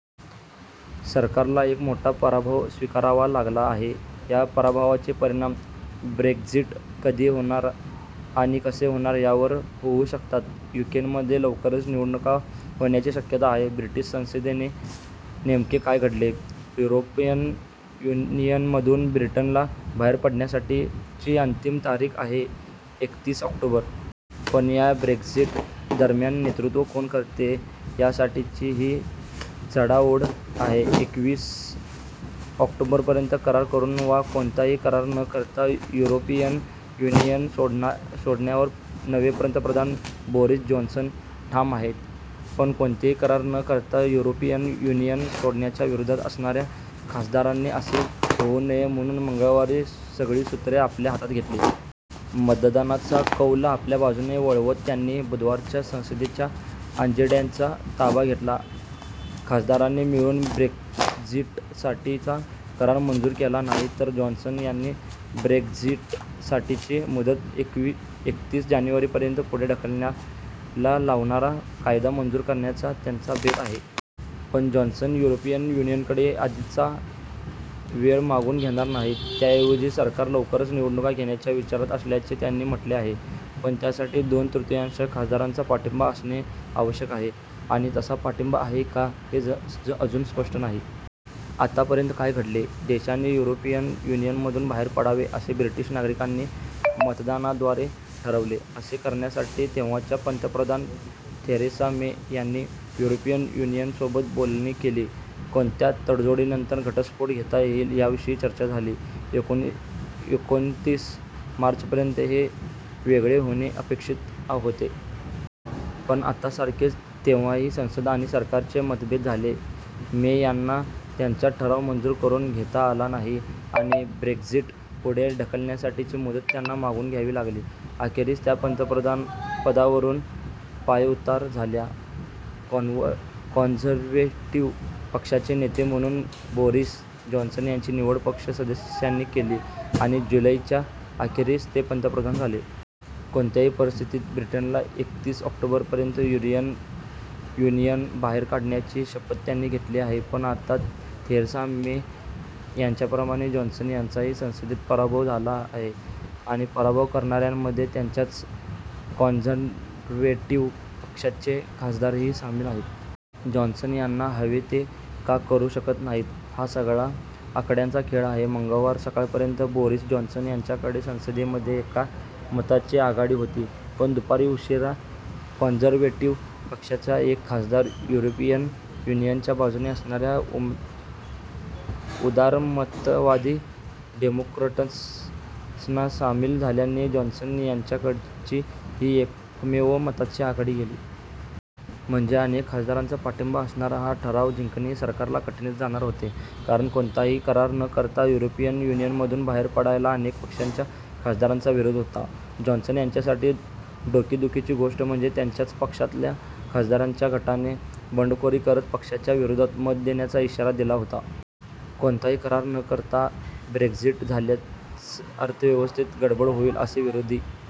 सरकारला एक मोठा पराभव स्वीकारावा लागला आहे. या पराभवाचे परिणाम ब्रेक्झिट कधी होणार आणि कसे होणार यावर होऊ शकतात. युकेमध्ये लवकरच निवडणुका होण्याचीही शक्यता आहे. ब्रिटिश संसदेत नेमके काय घडले? युरोपियन युनियनमधून ब्रिटनला बाहेर पडण्यासाठीची अंतिम तारीख आहे एकतीस ऑक्टोबर. पण या ब्रेक्झिट दरम्यान नेतृत्व कोण करते यासाठीची ही चढाओढ आहे. एकतीस ऑक्टोबरपर्यंत करार करून वा कोणताही करार न करता युरोपियन युनियन सोडण्यावर नवे पंतप्रधान बोरिस जॉन्सन ठाम आहेत. पण कोणताही करार न करता युरोपियन युनियन सोडण्याच्या विरोधात असणाऱ्या खासदारांनी असे होऊ नये म्हणून मंगळवारी सगळी सूत्रे आपल्या हातात घेतली. मतदानाचा कौल आपल्या बाजूने वळवत त्यांनी बुधवारच्या संसदेच्या अजेंड्याचा ताबा घेतला. खासदारांनी मिळून ब्रेक्झिटसाठीचा करार मंजूर केला नाही तर जॉन्सन यांना ब्रेक्झिटसाठीची मुदत एकतीस जानेवारीपर्यंत पुढे ढकलायला लावणारा कायदा मंजूर करण्याचा त्यांचा बेत आहे. पण जॉन्सन युरोपियन युनियनकडे अधिकचा वेळ मागून घेणार नाहीत. त्याऐवजी सरकार लवकर निवडणुका घेण्याच्या विचारात असल्याचे त्यांनी म्हटले आहे. पण त्यासाठी दोन तृतीयांश खासदारांचा पाठिंबा असणे आवश्यक आहे आणि तसा पाठिंबा आहे का, हे अजून स्पष्ट नाही. आतापर्यंत काय घडले? देशाने युरोपियन युनियनमधून बाहेर पडावे असे ब्रिटिश नागरिकांनी मतदानाद्वारे ठरवले. असे करण्यासाठी तेव्हाच्या पंतप्रधान थेरेसा मे यांनी युरोपियन युनियनसोबत बोलणी केली. कोणत्या तडजोडींनंतर 'घटस्फोट' घेता येईल याविषयी चर्चा झाली. एकोणतीस मार्चपर्यंत हे वेगळे होणे अपेक्षित होते. पण आतासारखेच तेव्हाही संसद आणि सरकारचे मतभेद झाले. मे यांना त्यांचा ठराव मंजूर करून घेता आला नाही आणि ब्रेक्झिट पुढे ढकलण्यासाठीची मुदत त्यांना मागून घ्यावी लागली. अखेरीस त्या पंतप्रधानपदावरून पायउतार झाल्या. कॉन्झर्व्हेटिव्ह पक्षाचे नेते म्हणून बोरिस जॉन्सन यांची निवड पक्ष सदस्यांनी केली आणि जुलैच्या अखेरीस ते पंतप्रधान झाले. कोणत्याही परिस्थितीत ब्रिटनला एकतीस ऑक्टोबरपर्यंत युरोपियन युनियन बाहेर काढण्याची शपथ त्यांनी घेतली आहे. पण आता थेरेसा मे यांच्याप्रमाणेच जॉन्सन यांचाही संसदेत पराभव झाला आहे. आणि पराभव करणाऱ्यांमध्ये त्यांच्याच कॉन्झर्व्हेटिव्ह पक्षाचे खासदारही सामील आहेत. जॉन्सन त्यांना हवे ते का करू शकत नाहीत? हा सगळा आकड्यांचा खेळ आहे. मंगळवार सकाळपर्यंत बोरिस जॉन्सन यांच्याकडे संसदेमध्ये एका मताची आघाडी होती. पण दुपारी उशिरा कॉन्झर्व्हेटिव्ह पक्षाचाच एक खासदार युरोपियन युनियनच्या बाजूने असणाऱ्या उदारमतवादी डेमोक्रॅट्सना सामील झाल्याने जॉन्सन यांच्याकडची ही एकमेव मताची आघाडी गेली. म्हणजे अनेक खासदारांचा पाठिंबा असणारा हा ठराव जिंकणे सरकारला कठीणच जाणार होते. कारण कोणताही करार न करता युरोपियन युनियनमधून बाहेर पडायला अनेक पक्षांच्या खासदारांचा विरोध होता. जॉन्सन यांच्यासाठी डोकेदुखीची गोष्ट म्हणजे त्यांच्याच पक्षातल्या खासदारांच्या गटाने बंडखोरी करत पक्षाच्या विरोधात मत देण्याचा इशारा दिला होता. कोणताही करार न करता ब्रेक्झिट झाल्यास अर्थव्यवस्थेत गडबड होईल असे विरोधी